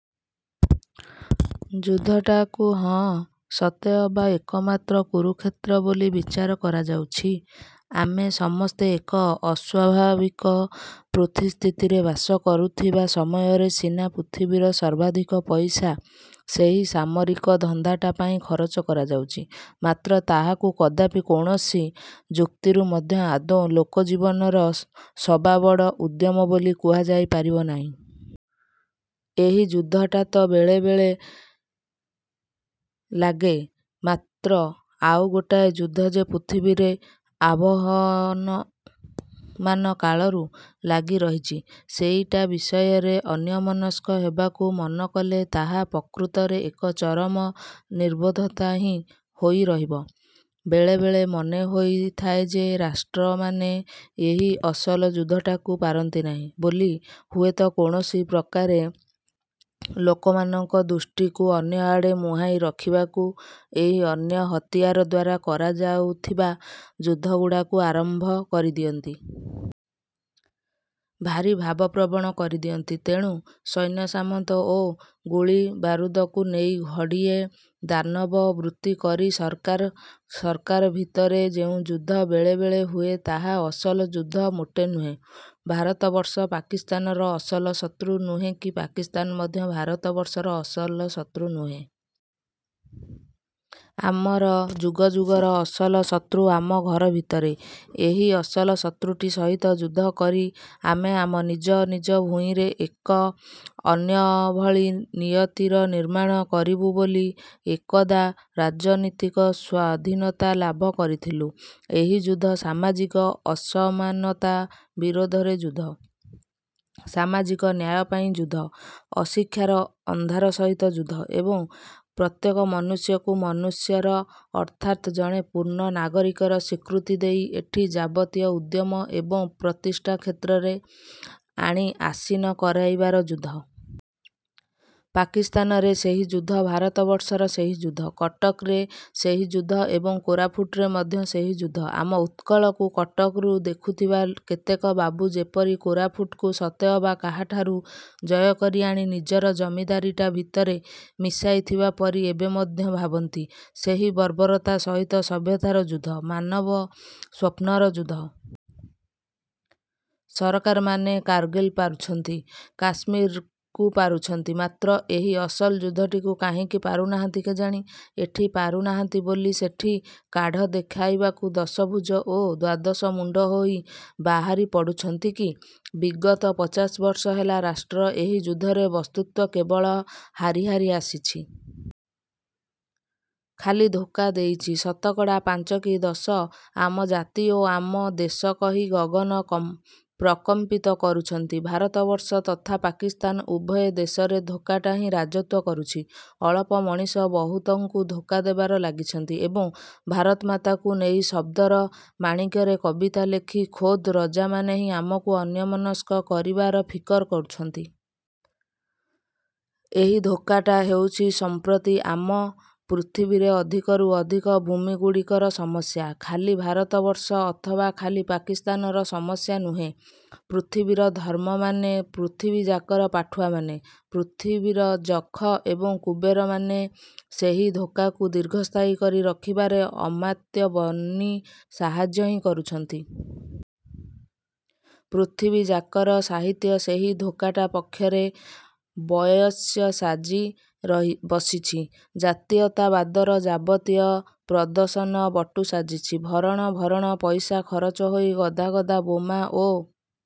ଯୁଦ୍ଧଟାକୁ ହଁ ସତେଅବା ଏକମାତ୍ର କୁରୁକ୍ଷେତ୍ର ବୋଲି ବିଚାର କରାଯାଉଛି। ଆମେ ସମସ୍ତେ ଏକ ଅସ୍ୱାଭାବିକ ପୃଥ୍ଵୀସ୍ଥିତିରେ ବାସ କରୁଥିବା ସମୟରେ ସିନା ପୃଥିବୀର ସର୍ବାଧିକ ପଇସା ସେହି ସାମରିକ ଧନ୍ଦାଟା ପାଇଁ ଖରଚ କରାଯାଉଛି, ମାତ୍ର ତାହାକୁ କଦାପି କୌଣସି ଯୁକ୍ତିରୁ ମଧ୍ୟ ଆଦୌ ଲୋକଜୀବନର ସବାବଡ଼ ଉଦ୍ୟମ ବୋଲି କୁହାଯାଇ ପାରିବ ନାହିଁ। ଏହି ଯୁଦ୍ଧଟା ତ ବେଳେ ବେଳେ ଲାଗେ। ମାତ୍ର ଆଉଗୋଟାଏ ଯୁଦ୍ଧ ଯେ ପୃଥିବୀରେ ଆବହନମାନ କାଳରୁ ଲାଗିରହିଛି, ସେଇଟା ବିଷୟରେ ଅନ୍ୟମନସ୍କ ହେବାକୁ ମନକଲେ ତାହା ପ୍ରକୃତରେ ଏକ ଚରମ ନିର୍ବୋଧତା ହିଁ ହୋଇ ରହିବ। ବେଳେ ବେଳେ ମନେ ହୋଇଥାଏ ଯେ, ରାଷ୍ଟ୍ରମାନେ ଏହି ଅସଲ ଯୁଦ୍ଧଟାକୁ ପାରନ୍ତି ନାହିଁ ବୋଲି ହୁଏତ କୌଣସି ପ୍ରକାରେ ଲୋକମାନଙ୍କ ଦୃଷ୍ଟିକୁ ଅନ୍ୟଆଡ଼େ ମୁହାଁଇ ରଖିବାକୁ ଏହି ଅନ୍ୟ ହତିଆର ଦ୍ୱାରା କରାଯାଉଥିବା ଯୁଦ୍ଧଗୁଡ଼ାକୁ ଆରମ୍ଭ କରିଦିଅନ୍ତି। ଭାରି ଭାବପ୍ରବଣ କରିଦିଅନ୍ତି। ତେଣୁ ସୈନ୍ୟସାମନ୍ତ ଓ ଗୁଳିବାରୁଦକୁ ନେଇ ଘଡ଼ିଏ ଦାନବବୃତ୍ତି କରି ସରକାର ସରକାର ଭିତରେ ଯେଉଁ ଯୁଦ୍ଧ ବେଳେବେଳେ ହୁଏ, ତାହା ଅସଲ ଯୁଦ୍ଧ ମୋଟେ ନୁହେଁ। ଭାରତବର୍ଷ ପାକିସ୍ତାନର ଅସଲ ଶତ୍ରୁ ନୁହେଁ କି ପାକିସ୍ତାନ ମଧ୍ୟ ଭାରତବର୍ଷର ଅସଲ ଶତ୍ରୁ ନୁହେଁ। ଆମର ଯୁଗ ଯୁଗର ଅସଲ ଶତ୍ରୁ ଆମ ଘରଭିତରେ। ଏହି ଅସଲ ଶତ୍ରୁଟି ସହିତ ଯୁଦ୍ଧ କରି ଆମେ ଆମ ନିଜ ନିଜ ଭୂଇଁରେ ଏକ ଅନ୍ୟଭଳି ନିୟତିର ନିର୍ମାଣ କରିବୁ ବୋଲି ଏକଦା ରାଜନୀତିକ ସ୍ୱାଧୀନତା ଲାଭ କରିଥିଲୁ। ଏହି ଯୁଦ୍ଧ ସାମାଜିକ ଅସମାନତା ବିରୋଧରେ ଯୁଦ୍ଧ, ସାମାଜିକ ନ୍ୟାୟ ପାଇଁ ଯୁଦ୍ଧ, ଅଶିକ୍ଷାର ଅନ୍ଧାର ସହିତ ଯୁଦ୍ଧ ଏବଂ ପ୍ରତ୍ୟେକ ମନୁଷ୍ୟକୁ ମନୁଷ୍ୟର ଅର୍ଥାତ୍ ଜଣେ ପୂର୍ଣ୍ଣ ନାଗରିକର ସ୍ୱୀକୃତି ଦେଇ ଏଠି ଯାବତୀୟ ଉଦ୍ୟମ ଏବଂ ପ୍ରତିଷ୍ଠାର କ୍ଷେତ୍ରରେ ଆଣି ଆସୀନ କରାଇବାର ଯୁଦ୍ଧ। ପାକିସ୍ତାନରେ ସେହି ଯୁଦ୍ଧ, ଭାରତବର୍ଷର ସେହି ଯୁଦ୍ଧ। କଟକରେ ସେହି ଯୁଦ୍ଧ ଏବଂ କୋରାଫୁଟରେ ମଧ୍ୟ ସେହି ଯୁଦ୍ଧ। ଆମ ଉତ୍କଳକୁ କଟକରୁ ଦେଖୁଥିବା କେତେକ ବାବୁ ଯେପରି କୋରାଫୁଟକୁ ସତେଅବା କାହାଠାରୁ ଜୟକରି ଆଣି ନିଜର ଜମିଦାରୀଟା ଭିତରେ ମିଶାଇଥିବା ପରି ଏବେ ମଧ୍ୟ ଭାବନ୍ତି, ସେହି ବର୍ବରତା ସହିତ ସଭ୍ୟତାର ଯୁଦ୍ଧ, ମାନବସ୍ୱପ୍ନର ଯୁଦ୍ଧ। ସରକାରମାନେ କାରଗିଲ୍କୁ ପାରୁଛନ୍ତି, କାଶ୍ମୀରକୁ ପାରୁଛନ୍ତି, ମାତ୍ର ଏହି ଅସଲ ଯୁଦ୍ଧଟିକୁ କାହିଁକି ପାରୁନାହାନ୍ତି କେଜାଣି? ଏଠି ପାରୁନାହାନ୍ତି ବୋଲି ସେଠି କାଢ଼ ଦେଖାଇବାକୁ ଦଶଭୁଜ ଓ ଦ୍ଵାଦଶମୁଣ୍ଡ ହୋଇ ବାହାରି ପଡୁଛନ୍ତି କି? ବିଗତ ପଚାଶ ବର୍ଷ ହେଲା ରାଷ୍ଟ୍ର ଏହି ଯୁଦ୍ଧରେ ବସ୍ତୁତ୍ୱ କେବଳ ହାରି ହାରି ଆସିଛି। ଖାଲି ଧୋକା ଦେଇଛି। ଶତକଡ଼ା ପାଞ୍ଚ କି ଦଶ ଆମ ଜାତି ଓ ଆମ ଦେଶ କହି ଗଗନ କଂ ପ୍ରକମ୍ପିତ କରୁଛନ୍ତି। ଭାରତବର୍ଷ ତଥା ପାକିସ୍ତାନ ଉଭୟ ଦେଶରେ ଧୋକାଟା ହିଁ ରାଜତ୍ୱ କରୁଛି। ଅଳପ ମଣିଷ ବହୁତଙ୍କୁ ଧୋକା ଦେବାରେ ଲାଗିଛନ୍ତି ଏବଂ ଭାରତମାତାକୁ ନେଇ ଶବ୍ଦର ମାଣିକ୍ୟରେ କବିତା ଲେଖି ଖୋଦ୍ ରଜାମାନେ ହିଁ ଆମକୁ ଅନ୍ୟମନସ୍କ କରିବାର ଫିକର କରୁଛନ୍ତି। ଏହି ଧୋକାଟା ହେଉଛି ସମ୍ପ୍ରତି ଆମ ପୃଥିବୀରେ ଅଧିକରୁ ଅଧିକ ଭୂମି ଗୁଡ଼ିକର ସମସ୍ୟା। ଖାଲି ଭାରତବର୍ଷ ଅଥବା ଖାଲି ପାକିସ୍ତାନର ସମସ୍ୟା ନୁହେଁ। ପୃଥିବୀର ଧର୍ମମାନେ, ପୃଥିବୀଯାକର ପାଠୁଆମାନେ, ପୃଥିବୀର ଯଖ ଏବଂ କୁବେରମାନେ ସେହି ଧୋକାକୁ ଦୀର୍ଘସ୍ଥାୟୀ କରି ରଖିବାରେ ଅମାତ୍ୟ ବନି ସାହାଯ୍ୟ ହିଁ କରୁଛନ୍ତି। ପୃଥିବୀଯାକର ସାହିତ୍ୟ ସେହି ଧୋକାଟା ପକ୍ଷରେ ବୟସ୍ୟ ସାଜି ରହି ବସିଛି। ଜାତୀୟତାବାଦର ଯାବତୀୟ ପ୍ରଦର୍ଶନ ବଟୁ ସାଜିଛି। ଭରଣ ଭରଣ ପଇସା ଖରଚ ହୋଇ ଗଦା ଗଦା ବୋମା ଓ